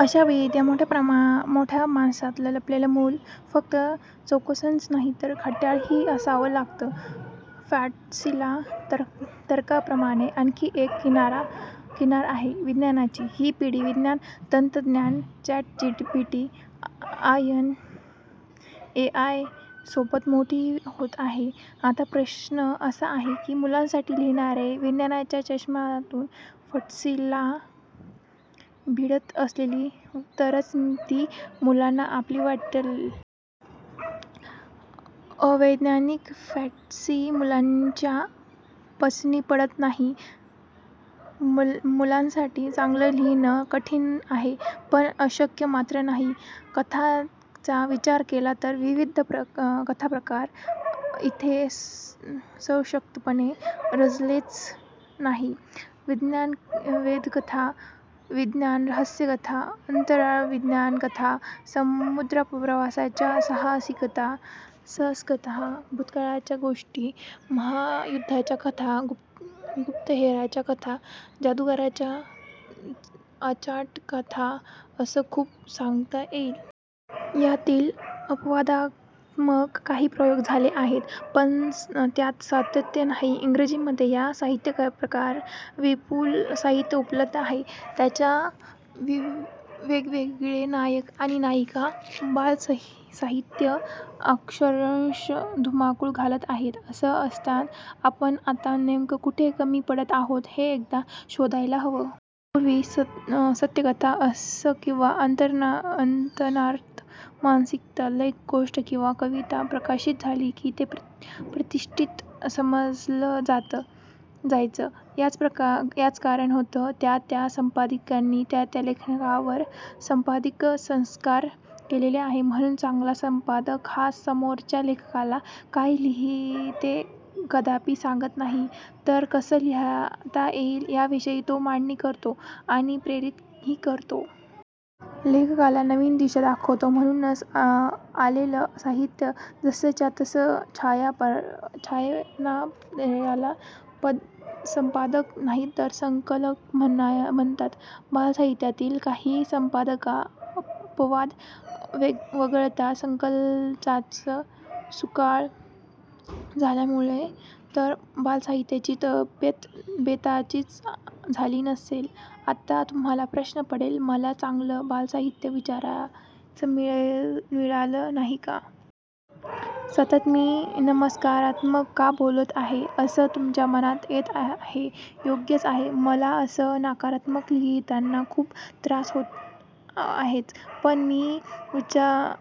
अशावेळी त्या मोठ्या माणसात लपलेलं मूल फक्त चौकसंच नाही तर खट्याळ ही असावं लागतं. फॅंटसीला तर्काप्रमाणेच आणखी एक किनार आहे विज्ञानाची. ही पिढी विज्ञान तंत्रज्ञान, चॅटजिपीटी, एआय सोबत मोठी होत आहे. आता प्रश्न असा आहे की मुलांसाठी लिहिणारे विज्ञानाच्या चष्म्यातून फॅंटसीला भिडत असतील तरच ती मुलांना आपली वाटेल. अवैज्ञानिक फॅंटसी मुलांच्या पचनी पडत नाही. मुलांसाठी चांगलं लिहिणं कठीणंच आहे पण अशक्य मात्र नाही. कथांचा विचार केला तर विविध कथाप्रकार इथे सशक्तपणे रुजलेच नाहीत. विज्ञान वेधकथा, विज्ञान रहस्यकथा, अंतराळविज्ञान कथा, समुद्रप्रवासाच्या साहसीकथा, रहस्यकथा, भुतांच्या गोष्टी, महायुध्दांच्या कथा, गुप्तहेरांच्या कथा, जादुगारांच्या अचाटकथा असं खूप सांगता येईल. यातील अपवादात्मक काही प्रयोग झाले आहेत पण त्यात सातत्य नाही. इंग्रजीमधे या साहित्यप्रकारात विपूल साहित्य उपलब्ध आहे. त्यांच्या वेगवेगळे नायक आणि नायिका बालसाहित्यात अक्षरश धुमाकूळ घालत आहेत. असं असताना आपण आत्ता नेमकं कुठे कमी पडत आहोत हे एकदा शोधायलाच हवं. पूर्वी सत्यकथा, हंस किंवा अंतर्नाद मासिकात लेख, गोष्ट किंवा कविता प्रकाशित झाली की ते प्रतिष्टीत समजलं जायचं. याचं कारण होतं त्या-त्या संपादकानी त्या-त्या लेखनावर संपादकीय संस्कार केलेले आहेत म्हणून. चांगला संपादक हा समोरच्या लेखकाला काय लिही ते कदापी सांगत नाही, तर कसं लिहिता येईल याविषयी तो मांडणी करतो आणि प्रेरित ही करतो. लेखकाला नवीन दिशा दाखवतो. म्हणूनच आलेलं साहित्य जसंच्या तसं छापणार्याला संपादक नाहीतर संकलक म्हणतात. बालसाहित्यातील काही संपादकांचा अपवाद वगळता संकलकांचाच सुकाळ झाल्यामुळे तर बालसाहित्याची तब्येत बेताचीच झाली नसेल? आता तुम्हाला प्रश्न पडेल, मला चांगलं बालसाहित्य वाचायलाच मिळालं नाही का? सतत मी नकारात्मकच का बोलत आहे? असं तुमच्या मनात येणं हे योग्यच आहे. मला असं नकारात्मक लिहिताना खूप त्रास होतो आहेच. पण मी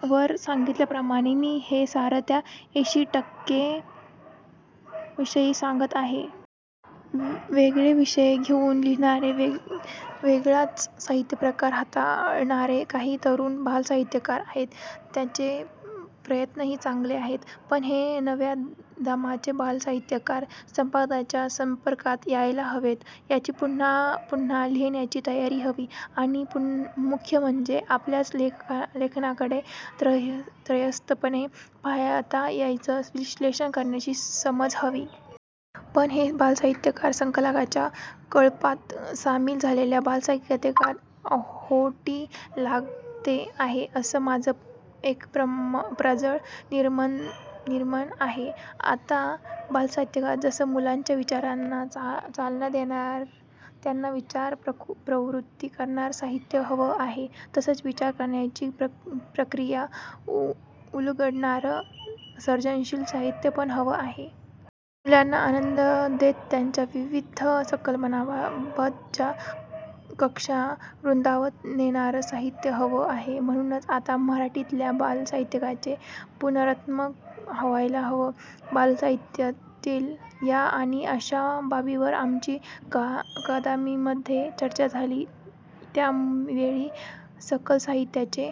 वर सांगितल्याप्रमाणे मी हे सारं त्या ऐंशी टक्कें विषयी सांगत आहे. वेगळे विषय घेऊन लिहिणारे, वेगळाच साहित्यप्रकार हाताळणारे काही तरुण बालसाहित्यकार आहेत. त्यांचे प्रयत्न ही चांगले आहेत. पण हे नव्या दमाचे बालसाहित्यकार संपादकांच्या संपर्कात यायला हवेत त्यांची पुन्हा पुन्हा लिहिण्याची तयारी हवी आणि मुख्य म्हणजे आपल्याच लेखनाकडे त्रयस्थपणे पाहात त्याचं विश्लेषण करण्याची समज हवी. पण हे बालसाहित्यकार संकलकांच्या कळपात सामील झाल्याने बालसाहित्याला ओहोटी लागते आहे असं माझं एक प्रांजळ निरीक्षण आहे. आता बालसाहित्यात जसं मुलांच्या विचारांना चालना देणारं त्यांना विचार प्रवृत्त करणारं साहित्य हवं आहे तसंच विचार रचण्याची प्रक्रिया उलगडणारं सर्जनशील साहित्य पण हवं आहे. मुलांना आनंद देत त्यांच्या विविध संकल्पनांबाबतच्या कक्षा रुंदावत नेणारं साहित्य हवं आहे. म्हणूनच आता मराठीतल्या बालसाहित्याचे पुनरुत्थान व्हायला हवं. बालसाहित्यातील या आणि अशा बाबींवर आमची अकादमीमधे चर्चा झाली. त्यावेळी सकस साहित्याचे